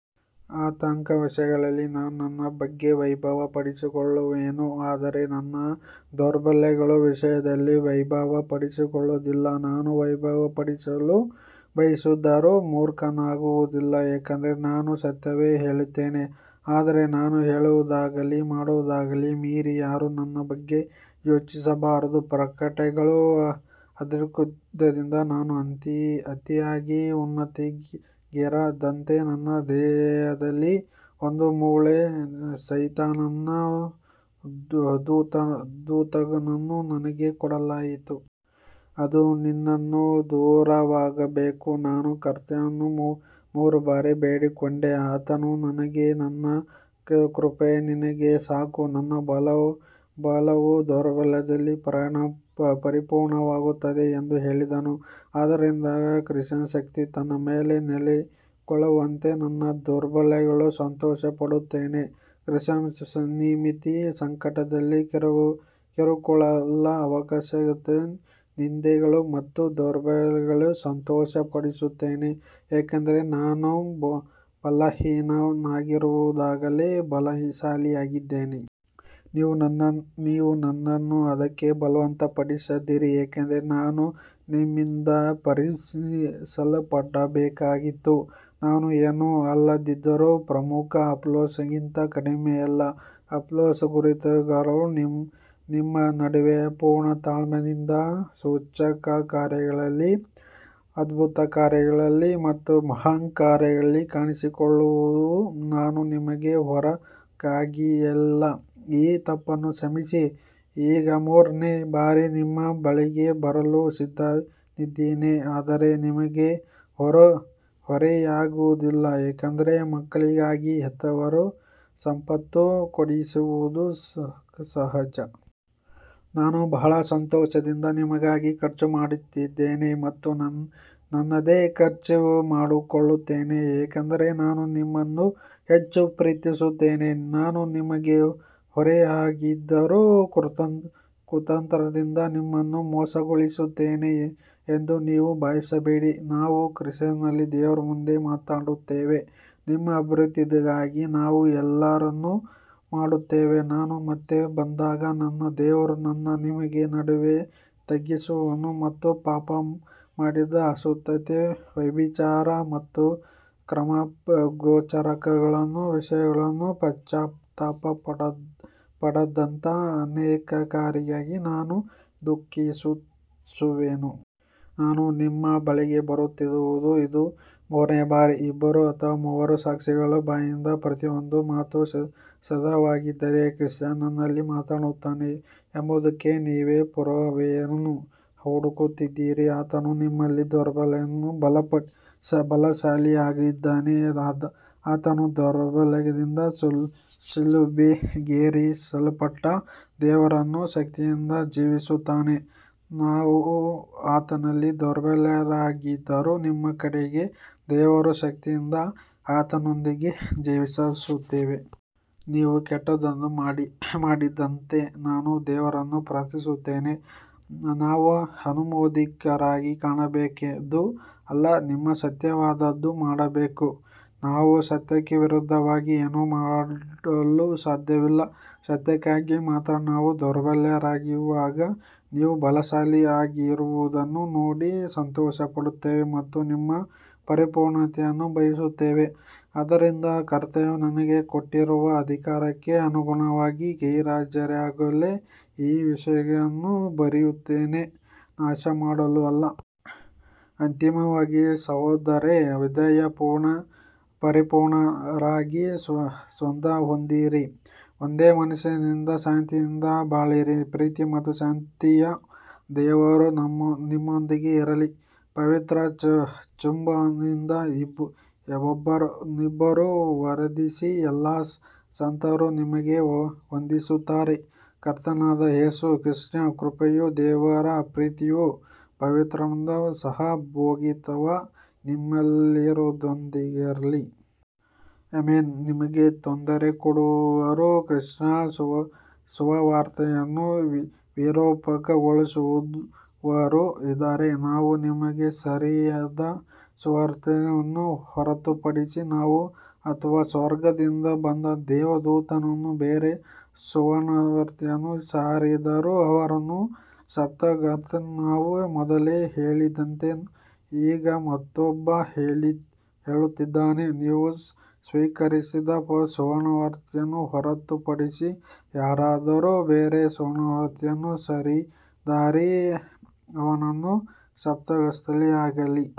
ಅಂತಹ ವಿಷಯಗಳಲ್ಲಿ ನಾನು ನನ್ನ ಬಗ್ಗೆ ವೈಭವಪಡಿಸಿಕೊಳ್ಳುವೆನು, ಆದರೆ ನನ್ನ ದೌರ್ಬಲ್ಯಗಳ ವಿಷಯದಲ್ಲಿ ವೈಭವಪಡಿಸಿಕೊಳ್ಳುವುದಿಲ್ಲ. ನಾನು ವೈಭವಪಡಿಸಲು ಬಯಸಿದರೂ ಮೂರ್ಖನಾಗುವುದಿಲ್ಲ, ಏಕೆಂದರೆ ನಾನು ಸತ್ಯವನ್ನೇ ಹೇಳುತ್ತೇನೆ. ಆದರೆ ನಾನು ಹೇಳುವುದನ್ನಾಗಲಿ ಮಾಡುವುದನ್ನಾಗಲಿ ಮೀರಿ ಯಾರೂ ನನ್ನ ಬಗ್ಗೆ ಯೋಚಿಸಬಾರದು. ಪ್ರಕಟನೆಗಳ ಅಧಿಕ್ಯದಿಂದ ನಾನು ಅತಿಯಾಗಿ ಉನ್ನತಿಗೇರದಂತೆ ನನ್ನ ದೇಹದಲ್ಲಿ ಒಂದು ಮುಳ್ಳು, ಸೈತಾನನ ದೂತನನ್ನು ನನಗೆ ಕೊಡಲಾಯಿತು. ಅದು ನನ್ನಿಂದ ದೂರವಾಗಬೇಕೆಂದು ನಾನು ಕರ್ತನನ್ನು ಮೂರು ಬಾರಿ ಬೇಡಿಕೊಂಡೆ. ಆತನು ನನಗೆ, ನನ್ನ ಕೃಪೆಯು ನಿನಗೆ ಸಾಕು, ನನ್ನ ಬಲವು ದೌರ್ಬಲ್ಯದಲ್ಲಿ ಪರಿಪೂರ್ಣವಾಗುತ್ತದೆ ಎಂದು ಹೇಳಿದನು. ಆದದರಿಂದ ಕ್ರಿಸ್ತನ ಶಕ್ತಿಯು ನನ್ನ ಮೇಲೆ ನೆಲೆಗೊಳ್ಳುವಂತೆ ನನ್ನ ದೌರ್ಬಲ್ಯಗಳಲ್ಲಿ ಸಂತೋಷಪಡುತ್ತೇನೆ. ಕ್ರಿಸ್ತನ ನಿಮಿತ್ತ ಸಂಕಟಗಳಲ್ಲಿ, ಕಿರುಕುಳಗಳಲ್ಲಿ, ಅವಶ್ಯಕತೆಗಳಲ್ಲಿ, ನಿಂದೆಗಳಲ್ಲಿ ಮತ್ತು ದೌರ್ಬಲ್ಯಗಳಲ್ಲಿ ಸಂತೋಷಪಡುತ್ತೇನೆ, ಏಕೆಂದರೆ ನಾನು ಬಲಹೀನನಾಗಿರುವಾಗಲೇ ಬಲಶಾಲಿಯಾಗಿದ್ದೇನೆ. ನೀವು ನನ್ನನ್ನು ಅದಕ್ಕೆ ಬಲವಂತಪಡಿಸಿದ್ದೀರಿ, ಏಕೆಂದರೆ ನಾನು ನಿಮ್ಮಿಂದ ಪ್ರಶಂಸಿಸಲ್ಪಡಬೇಕಾಗಿತ್ತು. ನಾನು ಏನೂ ಅಲ್ಲದಿದ್ದರೂ ಪ್ರಮುಖ ಅಪೊಸ್ತಲರಿಗಿಂತ ಕಡಿಮೆಯಲ್ಲ. ಅಪೊಸ್ತಲನ ಗುರುತುಗಳು ನಿಮ್ಮ ನಡುವೆ ಪೂರ್ಣ ತಾಳ್ಮೆಯಿಂದ, ಸೂಚಕಕಾರ್ಯಗಳಲ್ಲಿ, ಅದ್ಭುತಕಾರ್ಯಗಳಲ್ಲಿ ಮತ್ತು ಮಹಾಕಾರ್ಯಗಳಲ್ಲಿ ಕಾಣಿಸಿಕೊಂಡವು. ನಾನು ನಿಮಗೆ ಹೊರೆಯಾಗಿರಲಿಲ್ಲ, ಈ ತಪ್ಪನ್ನು ಕ್ಷಮಿಸಿ. ಈಗ ಮೂರನೇ ಬಾರಿಗೆ ನಿಮ್ಮ ಬಳಿಗೆ ಬರಲು ಸಿದ್ಧನಿದ್ದೇನೆ, ಆದರೆ ನಿಮಗೆ ಹೊರೆಯಾಗುವುದಿಲ್ಲ, ಏಕೆಂದರೆ ಮಕ್ಕಳಿಗಾಗಿ ಹೆತ್ತವರು ಸಂಪತ್ತು ಕೂಡಿಸಿಡುವುದು ಸಹಜ. ನಾನು ಬಹಳ ಸಂತೋಷದಿಂದ ನಿಮಗಾಗಿ ಖರ್ಚುಮಾಡುತ್ತೇನೆ ಮತ್ತು ನನ್ನನ್ನೇ ಖರ್ಚುಮಾಡಿಕೊಳ್ಳುತ್ತೇನೆ, ಏಕೆಂದರೆ ನಾನು ನಿಮ್ಮನ್ನು ಹೆಚ್ಚು ಪ್ರೀತಿಸುತ್ತೇನೆ. ನಾನು ನಿಮಗೆ ಹೊರೆಯಾಗದಿದ್ದರೂ ಕುತಂತ್ರದಿಂದ ನಿಮ್ಮನ್ನು ಮೋಸಗೊಳಿಸಿದ್ದೇನೆ ಎಂದು ನೀವು ಭಾವಿಸಬೇಡಿ, ನಾವು ಕ್ರಿಸ್ತನಲ್ಲಿ ದೇವರ ಮುಂದೆ ಮಾತನಾಡುತ್ತೇವೆ. ನಿಮ್ಮ ಅಭಿವೃದ್ದಿಗಾಗಿ ನಾವು ಎಲ್ಲವನ್ನೂ ಮಾಡುತ್ತೇವೆ. ನಾನು ಮತ್ತೆ ಬಂದಾಗ ನನ್ನ ದೇವರು ನನ್ನನ್ನು ನಿಮ್ಮ ನಡುವೆ ತಗ್ಗಿಸುವನು ಮತ್ತು ಪಾಪಮಾಡಿ ಅಶುದ್ಧತೆ, ವ್ಯಭಿಚಾರ ಮತ್ತು ಕಾಮಪ್ರಚೋದನೆಗಳ ವಿಷಯದಲ್ಲಿ ಪಶ್ಚಾತ್ತಾಪಪಡದ ಅನೇಕರಿಗಾಗಿ ನಾನು ದುಃಖಿಸುವೆನು. ನಾನು ನಿಮ್ಮ ಬಳಿಗೆ ಬರುತ್ತಿರುವುದು ಇದು ಮೂರನೇ ಬಾರಿ. ಇಬ್ಬರು ಅಥವಾ ಮೂವರು ಸಾಕ್ಷಿಗಳ ಬಾಯಿಂದ ಪ್ರತಿಯೊಂದು ಮಾತು ಸ್ಥಿರವಾಗುತ್ತದೆ. ಕ್ರಿಸ್ತನು ನನ್ನಲ್ಲಿ ಮಾತನಾಡುತ್ತಾನೆ ಎಂಬುದಕ್ಕೆ ನೀವು ಪುರಾವೆಯನ್ನು ಹುಡುಕುತ್ತಿದ್ದೀರಿ, ಆತನು ನಿಮ್ಮಲ್ಲಿ ದುರ್ಬಲನಲ್ಲ, ಬಲಶಾಲಿಯಾಗಿದ್ದಾನೆ. ಆತನು ದೌರ್ಬಲ್ಯದಿಂದ ಶಿಲುಬೆಗೇರಿಸಲ್ಪಟ್ಟರೂ ದೇವರ ಶಕ್ತಿಯಿಂದ ಜೀವಿಸುತ್ತಾನೆ, ನಾವು ಆತನಲ್ಲಿ ದುರ್ಬಲರಾಗಿದ್ದರೂ ನಿಮ್ಮ ಕಡೆಗೆ ದೇವರ ಶಕ್ತಿಯಿಂದ ಆತನೊಂದಿಗೆ ಜೀವಿಸುತ್ತೇವೆ. ನೀವು ಕೆಟ್ಟದ್ದನ್ನು ಮಾಡದಂತೆ ನಾನು ದೇವರನ್ನು ಪ್ರಾರ್ಥಿಸುತ್ತೇನೆ, ನಾವು ಅನುಮೋದಿತರಾಗಿ ಕಾಣಬೇಕೆಂದು ಅಲ್ಲ, ನೀವು ಸತ್ಯವಾದದ್ದನ್ನು ಮಾಡಬೇಕೆಂದು. ನಾವು ಸತ್ಯಕ್ಕೆ ವಿರುದ್ಧವಾಗಿ ಏನನ್ನೂ ಮಾಡಲು ಸಾಧ್ಯವಿಲ್ಲ, ಸತ್ಯಕ್ಕಾಗಿ ಮಾತ್ರ. ನಾವು ದುರ್ಬಲರಾಗಿರುವಾಗ ನೀವು ಬಲಶಾಲಿಗಳಾಗಿರುವುದನ್ನು ನೋಡಿ ಸಂತೋಷಪಡುತ್ತೇವೆ ಮತ್ತು ನಿಮ್ಮ ಪರಿಪೂರ್ಣತೆಯನ್ನು ಬಯಸುತ್ತೇವೆ. ಆದದರಿಂದ ಕರ್ತನು ನನಗೆ ಕೊಟ್ಟಿರುವ ಅಧಿಕಾರಕ್ಕೆ ಅನುಗುಣವಾಗಿ, ಗೈರುಹಾಜರಿರುವಾಗಲೇ ಈ ವಿಷಯಗಳನ್ನು ಬರೆಯುತ್ತೇನೆ, ನಾಶಮಾಡಲು ಅಲ್ಲ. ಅಂತಿಮವಾಗಿ ಸಹೋದರರೇ, ವಿದಾಯ, ಪರಿಪೂರ್ಣರಾಗಿರಿ, ಸಾಂತ್ವನ ಹೊಂದಿರಿ, ಒಂದೇ ಮನಸ್ಸಿನಿಂದಿರಿ, ಶಾಂತಿಯಿಂದ ಬಾಳಿರಿ. ಪ್ರೀತಿ ಮತ್ತು ಶಾಂತಿಯ ದೇವರು ನಿಮ್ಮೊಂದಿಗೆ ಇರಲಿ. ಪವಿತ್ರ ಚುಂಬನದಿಂದ ಒಬ್ಬರನ್ನೊಬ್ಬರು ವಂದಿಸಿರಿ. ಎಲ್ಲಾ ಸಂತರು ನಿಮಗೆ ವಂದಿಸುತ್ತಾರೆ. ಕರ್ತನಾದ ಯೇಸು ಕ್ರಿಸ್ತನ ಕೃಪೆಯೂ ದೇವರ ಪ್ರೀತಿಯೂ ಪವಿತ್ರಾತ್ಮನ ಸಹಭಾಗಿತ್ವವೂ ನಿಮ್ಮೆಲ್ಲರೊಂದಿಗಿರಲಿ. ಆಮೆನ್. ನಿಮಗೆ ತೊಂದರೆಕೊಡುವವರೂ ಕ್ರಿಸ್ತನ ಸುವಾರ್ತೆಯನ್ನು ವಿರೂಪಗೊಳಿಸುವವರೂ ಇದ್ದಾರೆ. ನಾವು ನಿಮಗೆ ಸಾರಿದ ಸುವಾರ್ತೆಯನ್ನು ಹೊರತುಪಡಿಸಿ ನಾವು ಅಥವಾ ಸ್ವರ್ಗದಿಂದ ಬಂದ ದೇವದೂತನು ಬೇರೆ ಸುವಾರ್ತೆಯನ್ನು ಸಾರಿದರೂ ಅವನು ಶಾಪಗ್ರಸ್ತನಾಗಲಿ. ನಾವು ಮೊದಲೇ ಹೇಳಿದಂತೆ ಈಗ ಮತ್ತೊಮ್ಮೆ ಹೇಳುತ್ತೇನೆ, ನೀವು ಸ್ವೀಕರಿಸಿದ ಸುವಾರ್ತೆಯನ್ನು ಹೊರತುಪಡಿಸಿ ಯಾರಾದರೂ ಬೇರೆ ಸುವಾರ್ತೆಯನ್ನು ಸಾರಿದರೆ ಅವನು ಶಾಪಗ್ರಸ್ತನಾಗಲಿ.